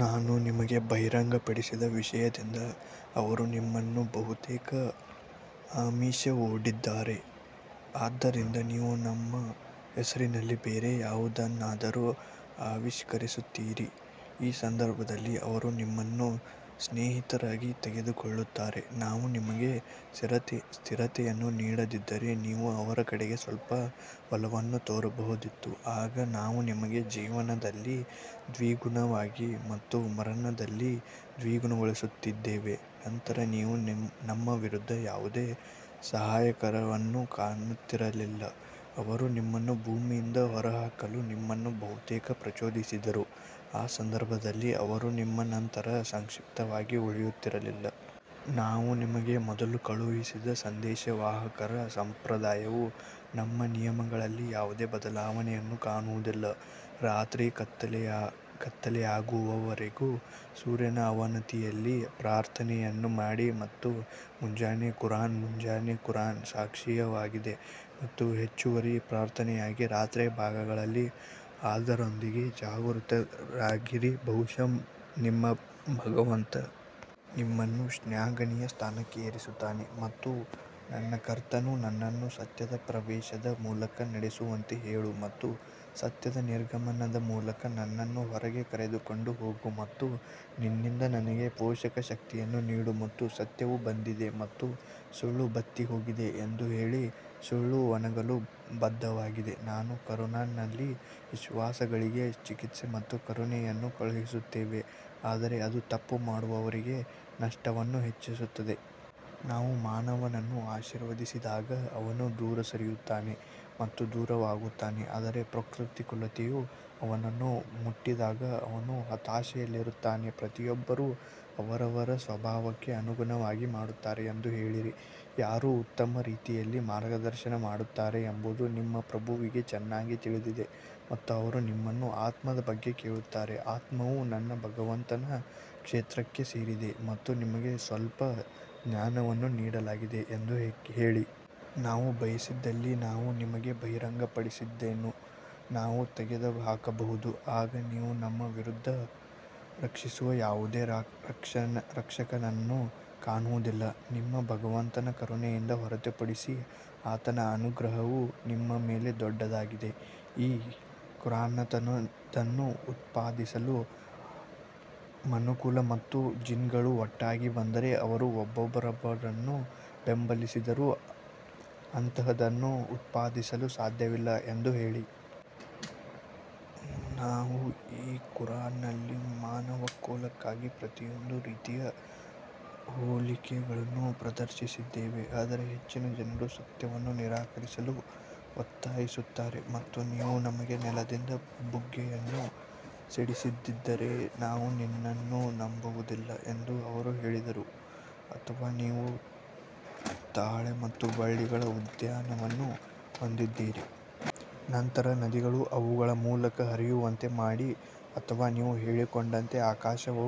ನಾವು ನಿಮಗೆ ಬಹಿರಂಗಪಡಿಸಿದ ವಿಷಯದಿಂದ ಅವರು ನಿಮ್ಮನ್ನು ಬಹುತೇಕ ಆಮಿಷವೊಡ್ಡಿದ್ದಾರೆ, ಆದ್ದರಿಂದ ನೀವು ನಮ್ಮ ಹೆಸರಿನಲ್ಲಿ ಬೇರೆ ಯಾವುದನ್ನಾದರೂ ಆವಿಷ್ಕರಿಸುತ್ತೀರಿ, ಆ ಸಂದರ್ಭದಲ್ಲಿ ಅವರು ನಿಮ್ಮನ್ನು ಸ್ನೇಹಿತರಾಗಿ ತೆಗೆದುಕೊಳ್ಳುತ್ತಾರೆ. ನಾವು ನಿಮಗೆ ಸ್ಥಿರತೆಯನ್ನು ನೀಡದಿದ್ದರೆ ನೀವು ಅವರ ಕಡೆಗೆ ಸ್ವಲ್ಪ ಒಲವನ್ನು ತೋರಬಹುದಿತ್ತು ಆಗ ನಾವು ನಿಮಗೆ ಜೀವನದಲ್ಲಿ ದ್ವಿಗುಣವಾಗಿ ಮತ್ತು ಮರಣದಲ್ಲಿ ದ್ವಿಗುಣಗೊಳಿಸುತ್ತಿದ್ದೆವು ನಂತರ ನೀವು ನಮ್ಮ ವಿರುದ್ಧ ಯಾವುದೇ ಸಹಾಯಕರನ್ನು ಕಾಣುತ್ತಿರಲಿಲ್ಲ ಅವರು ನಿಮ್ಮನ್ನು ಭೂಮಿಯಿಂದ ಹೊರಹಾಕಲು ನಿಮ್ಮನ್ನು ಬಹುತೇಕ ಪ್ರಚೋದಿಸಿದರು, ಆ ಸಂದರ್ಭದಲ್ಲಿ ಅವರು ನಿಮ್ಮ ನಂತರ ಸಂಕ್ಷಿಪ್ತವಾಗಿ ಉಳಿಯುತ್ತಿರಲಿಲ್ಲ. ನಾವು ನಿಮಗೆ ಮೊದಲು ಕಳುಹಿಸಿದ ಸಂದೇಶವಾಹಕರ ಸಂಪ್ರದಾಯವು ನಮ್ಮ ನಿಯಮಗಳಲ್ಲಿ ಯಾವುದೇ ಬದಲಾವಣೆಯನ್ನು ಕಾಣುವುದಿಲ್ಲ ರಾತ್ರಿಯ ಕತ್ತಲೆಯಾಗುವವರೆಗೆ ಸೂರ್ಯನ ಅವನತಿಯಲ್ಲಿ ಪ್ರಾರ್ಥನೆಯನ್ನು ಮಾಡಿ ಮತ್ತು ಮುಂಜಾನೆ ಕುರಾನ್ ಮುಂಜಾನೆ ಕುರಾನ್ ಸಾಕ್ಷಿಯಾಗಿದೆ ಮತ್ತು ಹೆಚ್ಚುವರಿ ಪ್ರಾರ್ಥನೆಯಾಗಿ ರಾತ್ರಿಯ ಭಾಗಗಳಲ್ಲಿ ಅದರೊಂದಿಗೆ ಜಾಗರೂಕರಾಗಿರಿ ಬಹುಶಃ ನಿಮ್ಮ ಭಗವಂತ ನಿಮ್ಮನ್ನು ಶ್ಲಾಘನೀಯ ಸ್ಥಾನಕ್ಕೆ ಏರಿಸುತ್ತಾನೆ ಮತ್ತು ನನ್ನ ಕರ್ತನು ನನ್ನನ್ನು ಸತ್ಯದ ಪ್ರವೇಶದ ಮೂಲಕ ನಡೆಸುವಂತೆ ಹೇಳು ಮತ್ತು ಸತ್ಯದ ನಿರ್ಗಮನದ ಮೂಲಕ ನನ್ನನ್ನು ಹೊರಗೆ ಕರೆದುಕೊಂಡು ಹೋಗು ಮತ್ತು ನಿನ್ನಿಂದ ನನಗೆ ಪೋಷಕ ಶಕ್ತಿಯನ್ನು ನೀಡು ಮತ್ತು ಸತ್ಯವು ಬಂದಿದೆ ಮತ್ತು ಸುಳ್ಳು ಬತ್ತಿಹೋಗಿದೆ ಎಂದು ಹೇಳಿ, ಸುಳ್ಳು ಒಣಗಲು ಬದ್ಧವಾಗಿದೆ ನಾವು ಕುರಾನ್ನಲ್ಲಿ ವಿಶ್ವಾಸಿಗಳಿಗೆ ಚಿಕಿತ್ಸೆ ಮತ್ತು ಕರುಣೆಯನ್ನು ಕಳುಹಿಸುತ್ತೇವೆ ಆದರೆ ಅದು ತಪ್ಪು ಮಾಡುವವರಿಗೆ ನಷ್ಟವನ್ನು ಹೆಚ್ಚಿಸುತ್ತದೆ. ನಾವು ಮಾನವನನ್ನು ಆಶೀರ್ವದಿಸಿದಾಗ ಅವನು ದೂರ ಸರಿಯುತ್ತಾನೆ ಮತ್ತು ದೂರವಾಗುತ್ತಾನೆ ಆದರೆ ಪ್ರತಿಕೂಲತೆಯು ಅವನನ್ನು ಮುಟ್ಟಿದಾಗ ಅವನು ಹತಾಶೆಯಲ್ಲಿರುತ್ತಾನೆ ಪ್ರತಿಯೊಬ್ಬರೂ ಅವರವರ ಸ್ವಭಾವಕ್ಕೆ ಅನುಗುಣವಾಗಿ ಮಾಡುತ್ತಾರೆ ಎಂದು ಹೇಳಿರಿ, ಯಾರು ಉತ್ತಮ ರೀತಿಯಲ್ಲಿ ಮಾರ್ಗದರ್ಶನ ಮಾಡುತ್ತಾರೆ ಎಂಬುದು ನಿಮ್ಮ ಪ್ರಭುವಿಗೆ ಚೆನ್ನಾಗಿ ತಿಳಿದಿದೆ ಮತ್ತು ಅವರು ನಿಮ್ಮನ್ನು ಆತ್ಮದ ಬಗ್ಗೆ ಕೇಳುತ್ತಾರೆ, ಆತ್ಮವು ನನ್ನ ಭಗವಂತನ ಕ್ಷೇತ್ರಕ್ಕೆ ಸೇರಿದೆ ಮತ್ತು ನಿಮಗೆ ಸ್ವಲ್ಪ ಜ್ಞಾನವನ್ನು ನೀಡಲಾಗಿದೆ ಎಂದು ಹೇಳಿ. ನಾವು ಬಯಸಿದಲ್ಲಿ ನಾವು ನಿಮಗೆ ಬಹಿರಂಗಪಡಿಸಿದ್ದನ್ನು ನಾವು ತೆಗೆದುಹಾಕಬಹುದು, ಆಗ ನೀವು ನಮ್ಮ ವಿರುದ್ಧ ರಕ್ಷಿಸುವ ಯಾವುದೇ ರಕ್ಷಕನನ್ನು ಕಾಣುವುದಿಲ್ಲ ನಿಮ್ಮ ಭಗವಂತನ ಕರುಣೆಯಿಂದ ಹೊರತುಪಡಿಸಿ ಆತನ ಅನುಗ್ರಹವು ನಿಮ್ಮ ಮೇಲೆ ದೊಡ್ಡದಾಗಿದೆ ಈ ಖುರಾನ್ನಂತಹದನ್ನು ಉತ್ಪಾದಿಸಲು ಮನುಕುಲ ಮತ್ತು ಜಿನ್ಗಳು ಒಟ್ಟಾಗಿ ಬಂದರೆ ಅವರು ಒಬ್ಬರನ್ನೊಬ್ಬರು ಬೆಂಬಲಿಸಿದರೂ ಅಂತಹದನ್ನು ಉತ್ಪಾದಿಸಲು ಸಾಧ್ಯವಿಲ್ಲ ಎಂದು ಹೇಳಿ. ನಾವು ಈ ಕುರಾನ್ನಲ್ಲಿ ಮಾನವಕುಲಕ್ಕಾಗಿ ಪ್ರತಿಯೊಂದು ರೀತಿಯ ಹೋಲಿಕೆಗಳನ್ನು ಪ್ರದರ್ಶಿಸಿದ್ದೇವೆ ಆದರೆ ಹೆಚ್ಚಿನ ಜನರು ಸತ್ಯವನ್ನು ನಿರಾಕರಿಸಲು ಒತ್ತಾಯಿಸುತ್ತಾರೆ ಮತ್ತು ನೀವು ನಮಗೆ ನೆಲದಿಂದ ಬುಗ್ಗೆಯನ್ನು ಸಿಡಿಸದಿದ್ದರೆ ನಾವು ನಿನ್ನನ್ನು ನಂಬುವುದಿಲ್ಲ ಎಂದು ಅವರು ಹೇಳಿದರು ಅಥವಾ ನೀವು ತಾಳೆ ಮತ್ತು ಬಳ್ಳಿಗಳ ಉದ್ಯಾನವನ್ನು ಹೊಂದಿದ್ದೀರಿ ನಂತರ ನದಿಗಳು ಅವುಗಳ ಮೂಲಕ ಹರಿಯುವಂತೆ ಮಾಡಿ ಅಥವಾ ನೀವು ಹೇಳಿಕೊಂಡಂತೆ ಆಕಾಶವು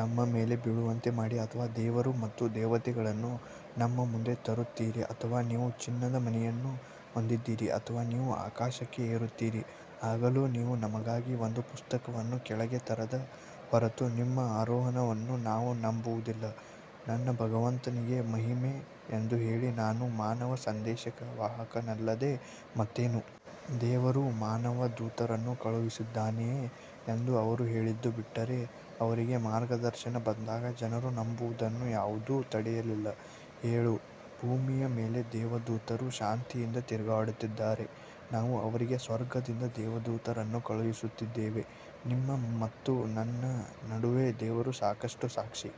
ನಮ್ಮ ಮೇಲೆ ಬೀಳುವಂತೆ ಮಾಡಿ ಅಥವಾ ದೇವರು ಮತ್ತು ದೇವತೆಗಳನ್ನು ನಮ್ಮ ಮುಂದೆ ತರುತ್ತೀರಿ ಅಥವಾ ನೀವು ಚಿನ್ನದ ಮನೆಯನ್ನು ಹೊಂದಿದ್ದೀರಿ ಅಥವಾ ನೀವು ಆಕಾಶಕ್ಕೆ ಏರುತ್ತೀರಿ ಆಗಲೂ ನೀವು ನಮಗಾಗಿ ಒಂದು ಪುಸ್ತಕವನ್ನು ಕೆಳಗೆ ತರದ ಹೊರತು ನಿಮ್ಮ ಆರೋಹಣವನ್ನು ನಾವು ನಂಬುವುದಿಲ್ಲ, ನನ್ನ ಭಗವಂತನಿಗೆ ಮಹಿಮೆ ಎಂದು ಹೇಳಿ ನಾನು ಮಾನವ ಸಂದೇಶವಾಹಕನಲ್ಲದೆ ಮತ್ತೇನು? ದೇವರು ಮಾನವ ದೂತರನ್ನು ಕಳುಹಿಸಿದ್ದಾನೆಯೇ ಎಂದು ಅವರು ಹೇಳಿದ್ದು ಬಿಟ್ಟರೆ, ಅವರಿಗೆ ಮಾರ್ಗದರ್ಶನ ಬಂದಾಗ ಜನರು ನಂಬುವುದನ್ನು ಯಾವುದೂ ತಡೆಯಲಿಲ್ಲ. ಹೇಳು ಭೂಮಿಯ ಮೇಲೆ ದೇವದೂತರು ಶಾಂತಿಯಿಂದ ತಿರುಗಾಡುತ್ತಿದ್ದರೆ ನಾವು ಅವರಿಗೆ ಸ್ವರ್ಗದಿಂದ ದೇವದೂತರನ್ನು ಕಳುಹಿಸುತ್ತಿದ್ದೆವು. ನಿಮ್ಮ ಮತ್ತು ನನ್ನ ನಡುವೆ ದೇವರು ಸಾಕಷ್ಟು ಸಾಕ್ಷಿ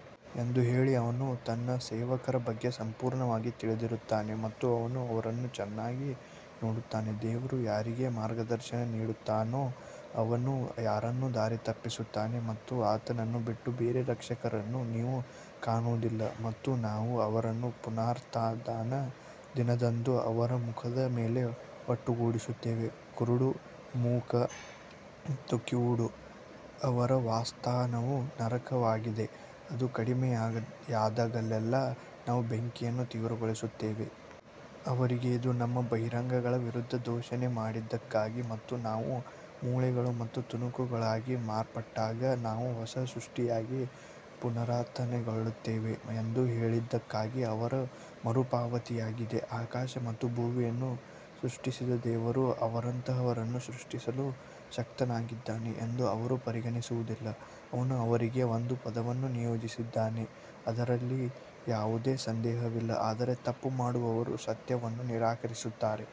ಎಂದು ಹೇಳಿ, ಅವನು ತನ್ನ ಸೇವಕರ ಬಗ್ಗೆ ಸಂಪೂರ್ಣವಾಗಿ ತಿಳಿದಿರುತ್ತಾನೆ ಮತ್ತು ಅವನು ಅವರನ್ನು ಚೆನ್ನಾಗಿ ನೋಡುತ್ತಾನೆ ದೇವರು ಯಾರಿಗೆ ಮಾರ್ಗದರ್ಶನ ನೀಡುತ್ತಾನೋ ಅವನು ಯಾರನ್ನು ದಾರಿತಪ್ಪಿಸುತ್ತಾನೆ ಮತ್ತು ಆತನನ್ನು ಬಿಟ್ಟು ಬೇರೆ ರಕ್ಷಕರನ್ನು ನೀವು ಕಾಣುವುದಿಲ್ಲ ಮತ್ತು ನಾವು ಅವರನ್ನು ಪುನರುತ್ಥಾನದ ದಿನದಂದು ಅವರ ಮುಖದ ಮೇಲೆ ಒಟ್ಟುಗೂಡಿಸುತ್ತೇವೆ ಕುರುಡು ಮೂಕ ಮತ್ತು ಕಿವುಡ ಅವರ ವಾಸಸ್ಥಾನವು ನರಕವಾಗಿದೆ ಅದು ಕಡಿಮೆಯಾದಾಗಲೆಲ್ಲಾ ನಾವು ಬೆಂಕಿಯನ್ನು ತೀವ್ರಗೊಳಿಸುತ್ತೇವೆ. ಅವರಿಗೆ ಇದು ನಮ್ಮ ಬಹಿರಂಗಗಳ ವಿರುದ್ಧ ದೂಷಣೆ ಮಾಡಿದ್ದಕ್ಕಾಗಿ ಮತ್ತು ನಾವು ಮೂಳೆಗಳು ಮತ್ತು ತುಣುಕುಗಳಾಗಿ ಮಾರ್ಪಟ್ಟಾಗ ನಾವು ಹೊಸ ಸೃಷ್ಟಿಯಾಗಿ ಪುನರುತ್ಥಾನಗೊಳ್ಳುತ್ತೇವೆ ಎಂದು ಹೇಳಿದ್ದಕ್ಕಾಗಿ ಅವರ ಮರುಪಾವತಿಯಾಗಿದೆ. ಆಕಾಶ ಮತ್ತು ಭೂಮಿಯನ್ನು ಸೃಷ್ಟಿಸಿದ ದೇವರು ಅವರಂತಹವರನ್ನು ಸೃಷ್ಟಿಸಲು ಶಕ್ತನಾಗಿದ್ದಾನೆ ಎಂದು ಅವರು ಪರಿಗಣಿಸುವುದಿಲ್ಲ, ಅವನು ಅವರಿಗೆ ಒಂದು ಪದವನ್ನು ನಿಯೋಜಿಸಿದ್ದಾನೆ ಅದರಲ್ಲಿ ಯಾವುದೇ ಸಂದೇಹವಿಲ್ಲ ಆದರೆ ತಪ್ಪು ಮಾಡುವವರು ಸತ್ಯವನ್ನು ನಿರಾಕರಿಸುತ್ತಾರೆ.